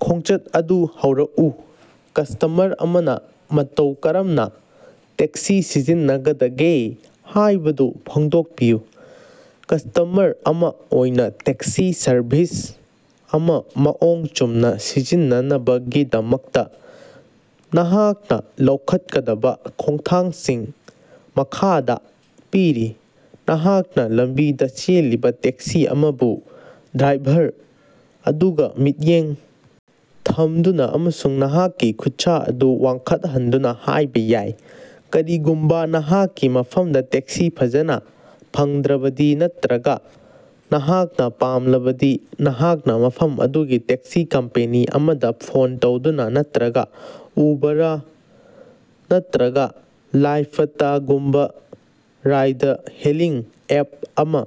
ꯈꯣꯡꯆꯠ ꯑꯗꯨ ꯍꯧꯔꯛꯎ ꯀꯁꯇꯃꯔ ꯑꯃꯅ ꯃꯇꯧ ꯀꯔꯝꯅꯥ ꯇꯦꯛꯁꯤ ꯁꯤꯖꯤꯟꯅꯒꯗꯒꯦ ꯍꯥꯢꯕꯗꯨ ꯐꯣꯡꯗꯣꯛꯄꯤꯌꯨ꯫ ꯀꯁꯇꯃꯔ ꯑꯃ ꯑꯣꯏꯅ ꯇꯦꯛꯁꯤ ꯁꯔꯚꯤꯁ ꯑꯃ ꯃꯑꯣꯡ ꯆꯨꯝꯅ ꯁꯤꯖꯤꯟꯅꯅꯕꯒꯤꯗꯃꯛꯇ ꯅꯍꯥꯛꯅ ꯂꯧꯈꯠꯀꯗꯕ ꯈꯣꯡꯊꯥꯡꯁꯤꯡ ꯃꯈꯥꯗꯥ ꯄꯤꯔꯤ: ꯅꯍꯥꯛꯅ ꯂꯝꯕꯤꯗ ꯆꯦꯜꯂꯤꯕ ꯇꯦꯛꯁꯤ ꯑꯃꯕꯨ ꯗ꯭ꯔꯥꯏꯚꯔ ꯑꯗꯨꯒ ꯃꯤꯠꯌꯦꯡ ꯊꯝꯗꯨꯅ ꯑꯃꯁꯨꯡ ꯅꯍꯥꯛꯀꯤ ꯈꯨꯠꯁꯥ ꯑꯗꯨ ꯋꯥꯡꯈꯠꯍꯟꯗꯨꯅ ꯍꯥꯢꯕ ꯌꯥꯏ꯫ ꯀꯔꯤꯒꯨꯝꯕꯥ ꯅꯍꯥꯛꯀꯤ ꯃꯐꯝꯗꯥ ꯇꯦꯛꯁꯤ ꯐꯖꯅꯥ ꯐꯪꯗ꯭ꯔꯕꯗꯤ ꯅꯠꯇ꯭ꯔꯒ ꯅꯍꯥꯛꯅ ꯄꯥꯝꯂꯕꯗꯤ ꯅꯍꯥꯛꯅ ꯃꯐꯝ ꯑꯗꯨꯒꯤ ꯇꯦꯛꯁꯤ ꯀꯝꯄꯦꯅꯤ ꯑꯃꯗ ꯐꯣꯟ ꯇꯧꯗꯨꯅ ꯅꯠꯇ꯭ꯔꯒ ꯎꯕꯔ ꯅꯠꯇ꯭ꯔꯒ ꯂꯥꯏꯐꯇꯒꯨꯝꯕ ꯔꯥꯏꯗ-ꯍꯦꯂꯤꯡ ꯑꯦꯞ ꯑꯃ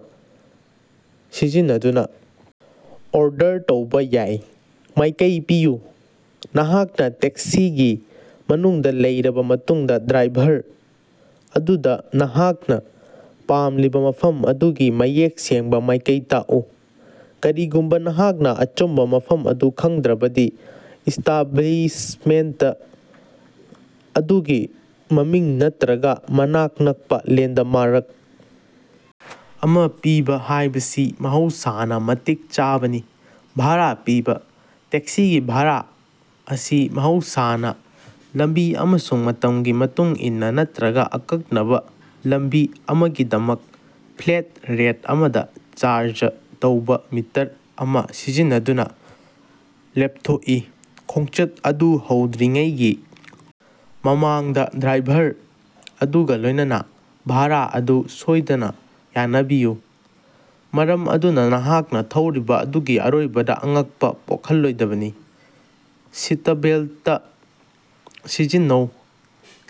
ꯁꯤꯖꯤꯟꯅꯗꯨꯅ ꯑꯣꯔꯗꯔ ꯇꯧꯕꯥ ꯌꯥꯏ꯫ ꯃꯥꯢꯀꯩ ꯄꯤꯌꯨ: ꯅꯍꯥꯛꯅ ꯇꯦꯛꯁꯤꯒꯤ ꯃꯅꯨꯡꯗ ꯂꯩꯔꯕ ꯃꯇꯨꯡꯗ ꯗ꯭ꯔꯥꯏꯚꯔ ꯑꯗꯨꯗ ꯅꯍꯥꯛꯅ ꯄꯥꯝꯂꯤꯕ ꯃꯐꯝ ꯑꯗꯨꯒꯤ ꯃꯌꯦꯛ ꯁꯦꯡꯕ ꯃꯥꯢꯀꯩ ꯇꯥꯛꯎ꯫ ꯀꯔꯤꯒꯨꯝꯕ ꯅꯍꯥꯛꯅ ꯑꯆꯨꯝꯕ ꯃꯐꯝ ꯑꯗꯨ ꯈꯪꯗ꯭ꯔꯕꯗꯤ ꯏꯁꯇꯥꯕ꯭ꯂꯤꯁꯃꯦꯟꯇ ꯑꯗꯨꯒꯤ ꯃꯃꯤꯡ ꯅꯠꯇ꯭ꯔꯒ ꯃꯅꯥꯛ ꯅꯛꯄꯥ ꯂꯦꯟꯗꯃꯥꯔꯛ ꯑꯃ ꯄꯤꯕ ꯍꯥꯢꯕꯁꯤ ꯃꯍꯧꯁꯥꯅ ꯃꯇꯤꯛ ꯆꯥꯕꯅꯤ꯫ ꯚꯥꯔꯥ ꯄꯤꯕ: ꯇꯦꯛꯁꯤꯒꯤ ꯚꯥꯔꯥ ꯑꯁꯤ ꯃꯍꯧꯁꯥꯅ ꯂꯝꯕꯤ ꯑꯃꯁꯨꯡ ꯃꯇꯝꯒꯤ ꯃꯇꯨꯡ ꯏꯟꯅ ꯅꯠꯇ꯭ꯔꯒ ꯑꯀꯛꯅꯕ ꯂꯝꯕꯤ ꯑꯃꯒꯤꯗꯃꯛ ꯐ꯭ꯂꯦꯠ ꯔꯦꯠ ꯑꯃꯗ ꯆꯥꯔꯖ ꯇꯧꯕ ꯃꯤꯇꯔ ꯑꯃ ꯁꯤꯖꯤꯟꯅꯗꯨꯅ ꯂꯦꯞꯊꯣꯛꯏ꯫ ꯈꯣꯡꯆꯠ ꯑꯗꯨ ꯍꯧꯗ꯭ꯔꯤꯉꯩꯒꯤ ꯃꯃꯥꯡꯗ ꯗ꯭ꯔꯥꯏꯚꯔ ꯑꯗꯨꯒ ꯂꯣꯢꯅꯅꯥ ꯚꯥꯔꯥ ꯑꯗꯨ ꯁꯣꯢꯗꯅ ꯌꯥꯅꯕꯤꯎ ꯃꯔꯝ ꯑꯗꯨꯅ ꯅꯍꯥꯛꯅ ꯊꯧꯔꯤꯕ ꯑꯗꯨꯒꯤ ꯑꯔꯣꯏꯕꯗ ꯑꯉꯛꯄ ꯄꯣꯛꯍꯜꯂꯣꯏꯗꯕꯅꯤ꯫ ꯁꯤꯇꯕꯦꯜꯇ ꯁꯤꯖꯤꯟꯅꯧ: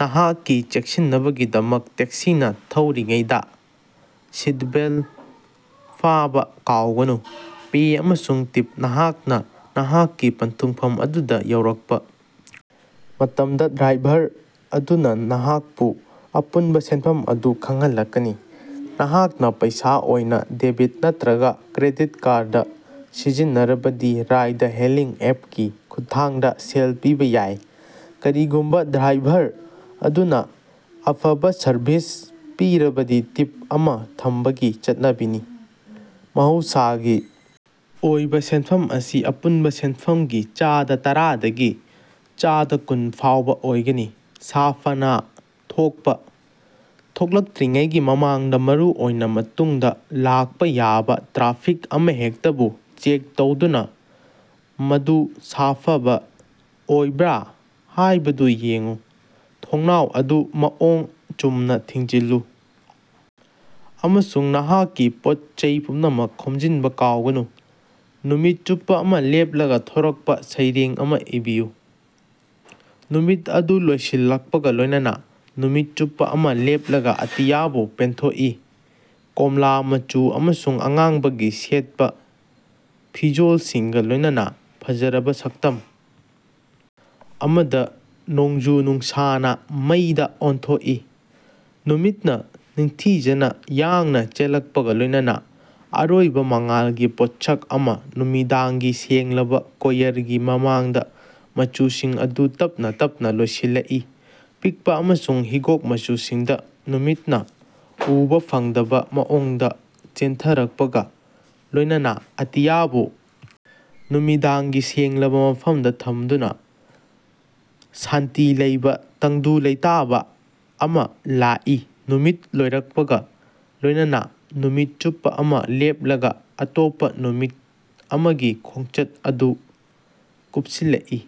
ꯅꯍꯥꯛꯀꯤ ꯆꯦꯛꯁꯤꯟꯅꯕꯒꯤꯗꯃꯛ ꯇꯦꯛꯁꯤꯅ ꯊꯧꯔꯤꯉꯩꯗꯥ ꯁꯤꯠꯕꯦꯜ ꯐꯥꯕ ꯀꯥꯎꯒꯅꯨ꯫ ꯄꯦ ꯑꯃꯁꯨꯡ ꯇꯤꯞ: ꯅꯍꯥꯛꯅ ꯅꯍꯥꯛꯀꯤ ꯄꯟꯊꯨꯡꯐꯝ ꯑꯗꯨꯗ ꯌꯧꯔꯛꯄ ꯃꯇꯝꯗ ꯗ꯭ꯔꯥꯏꯚꯔ ꯑꯗꯨꯅ ꯅꯍꯥꯛꯄꯨ ꯑꯄꯨꯟꯕ ꯁꯦꯟꯐꯝ ꯑꯗꯨ ꯈꯪꯍꯜꯂꯛꯀꯅꯤ꯫ ꯅꯍꯥꯛꯅ ꯄꯩꯁꯥ ꯑꯣꯏꯅ, ꯗꯦꯕꯤꯠ ꯅꯠꯇ꯭ꯔꯒ ꯀ꯭ꯔꯦꯗꯤꯠ ꯀꯥꯔꯗ ꯁꯤꯖꯤꯟꯅꯔꯕꯗꯤ ꯔꯥꯏꯗ-ꯍꯦꯂꯤꯡ ꯑꯦꯞꯀꯤ ꯈꯨꯠꯊꯥꯡꯗ ꯁꯦꯜ ꯄꯤꯕ ꯌꯥꯏ꯫ ꯀꯔꯤꯒꯨꯝꯕ ꯗ꯭ꯔꯥꯏꯚꯔ ꯑꯗꯨꯅ ꯑꯐꯕ ꯁꯔꯚꯤꯁ ꯄꯤꯔꯕꯗꯤ ꯇꯤꯞ ꯑꯃ ꯊꯝꯕꯒꯤ ꯆꯠꯅꯕꯤꯅꯤ꯫ ꯃꯍꯧꯁꯥꯒꯤ ꯑꯣꯏꯕ ꯁꯦꯟꯐꯝ ꯑꯁꯤ ꯑꯄꯨꯟꯕ ꯁꯦꯟꯐꯝꯒꯤ ꯆꯥꯗ ꯇꯔꯥꯗꯒꯤ ꯆꯥꯗ ꯀꯨꯟ ꯐꯥꯎꯕ ꯑꯣꯏꯒꯅꯤ꯫ ꯁꯥꯐꯅꯥ ꯊꯣꯛꯄ: ꯊꯣꯛꯂꯛꯇ꯭ꯔꯤꯉꯩꯒꯤ ꯃꯃꯥꯡꯗ ꯃꯔꯨꯑꯣꯏꯅ ꯃꯇꯨꯡꯗ ꯂꯥꯛꯄ ꯌꯥꯕ ꯇ꯭ꯔꯥꯐꯤꯛ ꯑꯃꯍꯦꯛꯇꯕꯨ ꯆꯦꯛ ꯇꯧꯗꯨꯅ ꯃꯗꯨ ꯁꯥꯐꯕ ꯑꯣꯏꯕ꯭ꯔꯥ ꯍꯥꯢꯕꯗꯨ ꯌꯦꯡꯎ꯫ ꯊꯣꯡꯅꯥꯎ ꯑꯗꯨ ꯃꯑꯣꯡ ꯆꯨꯝꯅ ꯊꯤꯡꯖꯤꯜꯂꯨ ꯑꯃꯁꯨꯡ ꯅꯍꯥꯛꯀꯤ ꯄꯣꯠ-ꯆꯩ ꯄꯨꯝꯅꯃꯛ ꯈꯣꯝꯖꯤꯟꯕ ꯀꯥꯎꯒꯅꯨ꯫ ꯅꯨꯃꯤꯠ ꯆꯨꯞꯄ ꯑꯃ ꯂꯦꯞꯂꯒ ꯊꯣꯔꯛꯄ ꯁꯩꯔꯦꯡ ꯑꯃ ꯏꯕꯤꯌꯨ꯫ ꯅꯨꯃꯤꯠ ꯑꯗꯨ ꯂꯣꯏꯁꯤꯜꯂꯛꯄꯒ ꯂꯣꯢꯅꯅꯥ ꯅꯨꯃꯤꯠ ꯆꯨꯞꯄ ꯑꯃ ꯂꯦꯞꯂꯒ ꯑꯇꯤꯌꯥꯕꯨ ꯄꯦꯟꯊꯣꯛꯏ ꯀꯣꯝꯂꯥ ꯃꯆꯨ ꯑꯃꯁꯨꯡ ꯑꯉꯥꯡꯕꯒꯤ ꯁꯦꯠꯄ ꯐꯤꯖꯣꯜꯁꯤꯡꯒ ꯂꯣꯢꯅꯅꯥ ꯐꯖꯔꯕ ꯁꯛꯇꯝ ꯑꯃꯗ꯫ ꯅꯣꯡꯖꯨ-ꯅꯨꯡꯁꯥꯅ ꯃꯩꯗꯥ ꯑꯣꯟꯊꯣꯛꯏ ꯅꯨꯃꯤꯠꯅ ꯅꯤꯡꯊꯤꯖꯅ ꯌꯥꯡꯅ ꯆꯦꯜꯂꯛꯄꯒ ꯂꯣꯢꯅꯅꯥ ꯑꯔꯣꯏꯕ ꯃꯉꯥꯜꯒꯤ ꯄꯣꯠꯁꯛ ꯑꯃ ꯅꯨꯃꯤꯗꯥꯡꯒꯤ ꯁꯦꯡꯂꯕ ꯀꯣꯌꯔꯒꯤ ꯃꯃꯥꯡꯗ꯫ ꯃꯆꯨꯁꯤꯡ ꯑꯗꯨ ꯇꯞꯅ ꯇꯞꯅ ꯂꯣꯏꯁꯤꯜꯂꯛꯏ ꯄꯤꯛꯄ ꯑꯃꯁꯨꯡ ꯍꯤꯒꯣꯛ ꯃꯆꯨꯁꯤꯡꯗ ꯅꯨꯃꯤꯠꯅ ꯎꯕ ꯐꯪꯗꯕ ꯃꯑꯣꯡꯗ ꯆꯦꯟꯊꯔꯛꯄꯒ ꯂꯣꯢꯅꯅꯥ ꯑꯇꯤꯌꯥꯕꯨ ꯅꯨꯃꯤꯗꯥꯡꯒꯤ ꯁꯦꯡꯂꯕ ꯃꯐꯝꯗ ꯊꯝꯗꯨꯅ꯫ ꯁꯥꯟꯇꯤ ꯂꯩꯕꯥ ꯇꯪꯗꯨ ꯂꯩꯇꯥꯕꯥ ꯑꯃ ꯂꯥꯛꯏ ꯅꯨꯃꯤꯠ ꯂꯣꯏꯔꯛꯄꯒ ꯂꯣꯢꯅꯅꯥ ꯅꯨꯃꯤꯠ ꯆꯨꯞꯄ ꯑꯃ ꯂꯦꯞꯂꯒ ꯑꯇꯣꯞꯄ ꯅꯨꯃꯤꯠ ꯑꯃꯒꯤ ꯈꯣꯡꯆꯠ ꯑꯗꯨ ꯀꯨꯞꯁꯤꯜꯂꯛꯏ꯫